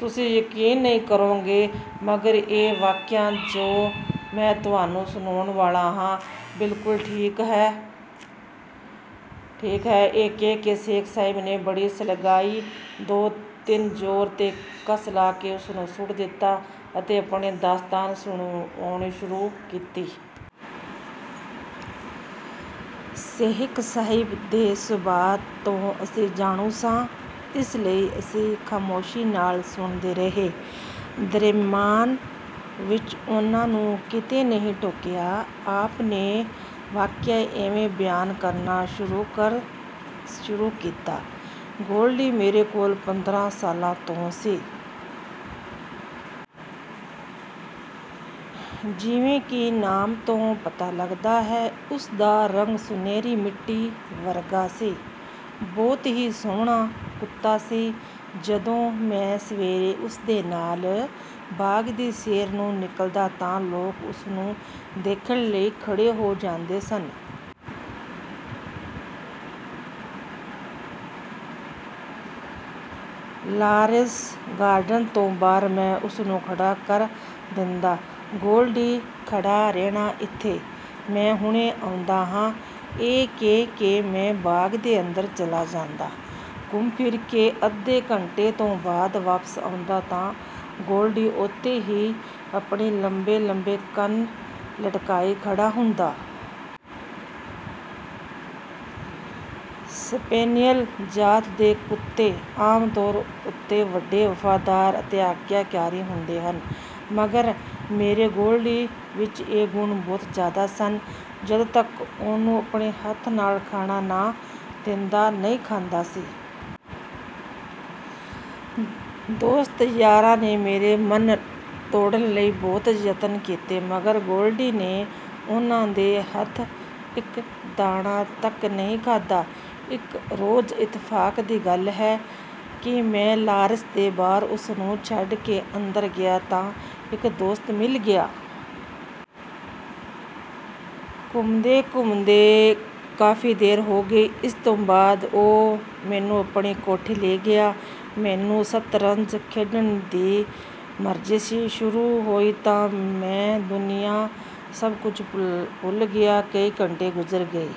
ਤੁਸੀਂ ਯਕੀਨ ਨਹੀਂ ਕਰੋਗੇ। ਮਗਰ ਇਹ ਵਾਕਿਆ ਜੋ ਮੈਂ ਤੁਹਾਨੂੰ ਸੁਣਾਉਣ ਵਾਲਾ ਹਾਂ, ਬਿਲਕੁਲ ਠੀਕ ਹੈ। ਇਹ ਕਹਿ ਕੇ ਸ਼ੇਖ ਸਾਹਿਬ ਨੇ ਬੀੜੀ ਸੁਲਗਾਈ। ਦੋ ਤਿੰਨ ਜ਼ੋਰ ਦੇ ਕਸ਼ ਲਾ ਕੇ ਉਸਨੂੰ ਸੁੱਟ ਦਿੱਤਾ ਅਤੇ ਆਪਣੀ ਦਾਸਤਾਨ ਸੁਣਾਉਣੀ ਸ਼ੁਰੂ ਕੀਤੀ। ਸ਼ੇਖ ਸਾਹਿਬ ਦੇ ਸੁਭਾਅ ਤੋਂ ਅਸੀਂ ਜਾਣੂ ਸਾਂ, ਇਸ ਲਈ ਅਸੀਂ ਖ਼ਾਮੋਸ਼ੀ ਨਾਲ ਸੁਣਦੇ ਰਹੇ। ਦਰਮਿਆਨ ਵਿੱਚ ਉਨ੍ਹਾਂ ਨੂੰ ਕਿਤੇ ਵੀ ਨਹੀਂ ਟੋਕਿਆ। ਆਪ ਨੇ ਵਾਕਿਆ ਇਵੇਂ ਬਿਆਨ ਕਰਨਾ ਸ਼ੁਰੂ ਕੀਤਾ: "ਗੋਲਡੀ ਮੇਰੇ ਕੋਲ ਪੰਦਰਾਂ ਸਾਲ ਤੋਂ ਸੀ। ਜਿਵੇਂ ਕਿ ਨਾਮ ਤੋਂ ਪਤਾ ਲੱਗਦਾ ਹੈ, ਉਸ ਦਾ ਰੰਗ ਸੁਨਹਿਰੀ ਮਿੱਟੀ ਵਰਗਾ ਸੀ। ਬਹੁਤ ਹੀ ਸੋਹਣਾ ਕੁੱਤਾ ਸੀ। ਜਦੋਂ ਮੈਂ ਸਵੇਰੇ ਉਸ ਦੇ ਨਾਲ ਬਾਗ ਦੀ ਸੈਰ ਨੂੰ ਨਿਕਲਦਾ ਤਾਂ ਲੋਕ ਉਸਨੂੰ ਦੇਖਣ ਲਈ ਖੜੇ ਹੋ ਜਾਂਦੇ ਸਨ। ਲਾਰੈਂਸ ਗਾਰਡਨ ਦੇ ਬਾਹਰ ਮੈਂ ਉਸਨੂੰ ਖੜਾ ਕਰ ਦਿੰਦਾ। "ਗੋਲਡੀ, ਖੜਾ ਰਹਿਣਾ ਇੱਥੇ। ਮੈਂ ਹੁਣੇ ਆਉਂਦਾ ਹਾਂ।" ਇਹ ਕਹਿ ਕੇ ਮੈਂ ਬਾਗ ਦੇ ਅੰਦਰ ਚਲਾ ਜਾਂਦਾ। ਘੁੰਮ ਫਿਰ ਕੇ ਅੱਧੇ ਘੰਟੇ ਦੇ ਬਾਅਦ ਵਾਪਸ ਆਉਂਦਾ ਤਾਂ ਗੋਲਡੀ ਉਥੇ ਹੀ ਆਪਣੇ ਲੰਬੇ ਲੰਬੇ ਕੰਨ ਲਟਕਾਈ ਖੜਾ ਹੁੰਦਾ। ਸਪੇਨੀਅਲ ਜਾਤ ਦੇ ਕੁੱਤੇ ਆਮ ਤੌਰ ਉੱਤੇ ਵੱਡੇ ਵਫ਼ਾਦਾਰ ਅਤੇ ਆਗਿਆਕਾਰੀ ਹੁੰਦੇ ਹਨ। ਮਗਰ ਮੇਰੇ ਗੋਲਡੀ ਵਿੱਚ ਇਹ ਗੁਣ ਬਹੁਤ ਜ਼ਿਆਦਾ ਸਨ। ਜਦੋਂ ਤੱਕ ਉਹਨੂੰ ਆਪਣੇ ਹੱਥ ਨਾਲ ਖਾਣਾ ਨਾ ਦਿੰਦਾ, ਨਹੀਂ ਖਾਂਦਾ ਸੀ। ਦੋਸਤ ਯਾਰਾਂ ਨੇ ਮੇਰਾ ਮਨ ਤੋੜਨ ਲਈ ਬਹੁਤ ਜਤਨ ਕੀਤੇ, ਮਗਰ ਗੋਲਡੀ ਨੇ ਉਨ੍ਹਾਂ ਦੇ ਹੱਥੋਂ ਇੱਕ ਦਾਣਾ ਤੱਕ ਨਹੀਂ ਖਾਧਾ। ਇੱਕ ਰੋਜ਼ ਇਤਫ਼ਾਕ ਦੀ ਗੱਲ ਹੈ ਕਿ ਮੈਂ ਲਾਰੈਂਸ ਦੇ ਬਾਹਰ ਉਸਨੂੰ ਛੱਡ ਕੇ ਅੰਦਰ ਗਿਆ ਤਾਂ ਇੱਕ ਦੋਸਤ ਮਿਲ ਗਿਆ। ਘੁੰਮਦੇ ਘੁੰਮਦੇ ਕਾਫ਼ੀ ਦੇਰ ਹੋ ਗਈ। ਇਸ ਦੇ ਬਾਅਦ ਉਹ ਮੈਨੂੰ ਆਪਣੀ ਕੋਠੀ ਲੈ ਗਿਆ। ਮੈਨੂੰ ਸ਼ਤਰੰਜ ਖੇਡਣ ਦੀ ਮਰਜ਼ੀ ਸੀ। ਸ਼ੁਰੂ ਹੋਈ ਤਾਂ ਮੈਂ ਦੁਨੀਆ ਦਾ ਸਭ ਕੁਝ ਭੁੱਲ ਗਿਆ। ਕਈ ਘੰਟੇ ਗੁਜ਼ਰ ਗਏ।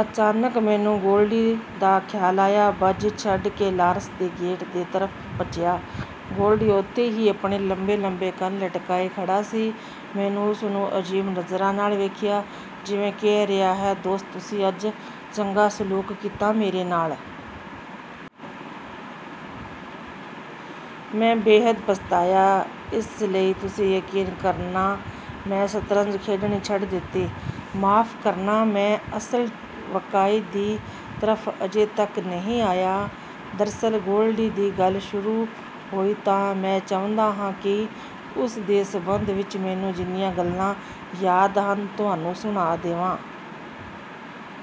ਅਚਾਨਕ ਮੈਨੂੰ ਗੋਲਡੀ ਦਾ ਖ਼ਿਆਲ ਆਇਆ। ਬਾਜ਼ੀ ਛੱਡ ਕੇ ਲਾਰੈਂਸ ਦੇ ਗੇਟ ਦੀ ਤਰਫ਼ ਭੱਜਿਆ। ਗੋਲਡੀ ਉਥੇ ਹੀ ਆਪਣੇ ਲੰਬੇ ਲੰਬੇ ਕੰਨ ਲਟਕਾਏ ਖੜਾ ਸੀ। ਮੈਨੂੰ ਉਸ ਨੇ ਅਜੀਬ ਨਜ਼ਰਾਂ ਨਾਲ ਵੇਖਿਆ, ਜਿਵੇਂ ਕਹਿ ਰਿਹਾ ਹੈ, "ਦੋਸਤ, ਤੁਸੀਂ ਅੱਜ ਚੰਗਾ ਸਲੂਕ ਕੀਤਾ ਮੇਰੇ ਨਾਲ!" ਮੈਂ ਬੇਹੱਦ ਪਛਤਾਇਆ। ਇਸ ਲਈ ਤੁਸੀਂ ਯਕੀਨ ਕਰਨਾ, ਮੈਂ ਸ਼ਤਰੰਜ ਖੇਡਣੀ ਛੱਡ ਦਿੱਤੀ। ਮੁਆਫ਼ ਕਰਨਾ। ਮੈਂ ਅਸਲ ਵਾਕਏ ਦੀ ਤਰਫ਼ ਅਜੇ ਤੱਕ ਨਹੀਂ ਆਇਆ। ਦਰਅਸਲ ਗੋਲਡੀ ਦੀ ਗੱਲ ਸ਼ੁਰੂ ਹੋਈ ਤਾਂ ਮੈਂ ਚਾਹੁੰਦਾ ਹਾਂ ਕਿ ਉਸਦੇ ਸੰਬੰਧ ਵਿੱਚ ਮੈਨੂੰ ਜਿੰਨੀਆਂ ਗੱਲਾਂ ਯਾਦ ਹਨ, ਤੁਹਾਨੂੰ ਸੁਣਾ ਦੇਵਾਂ।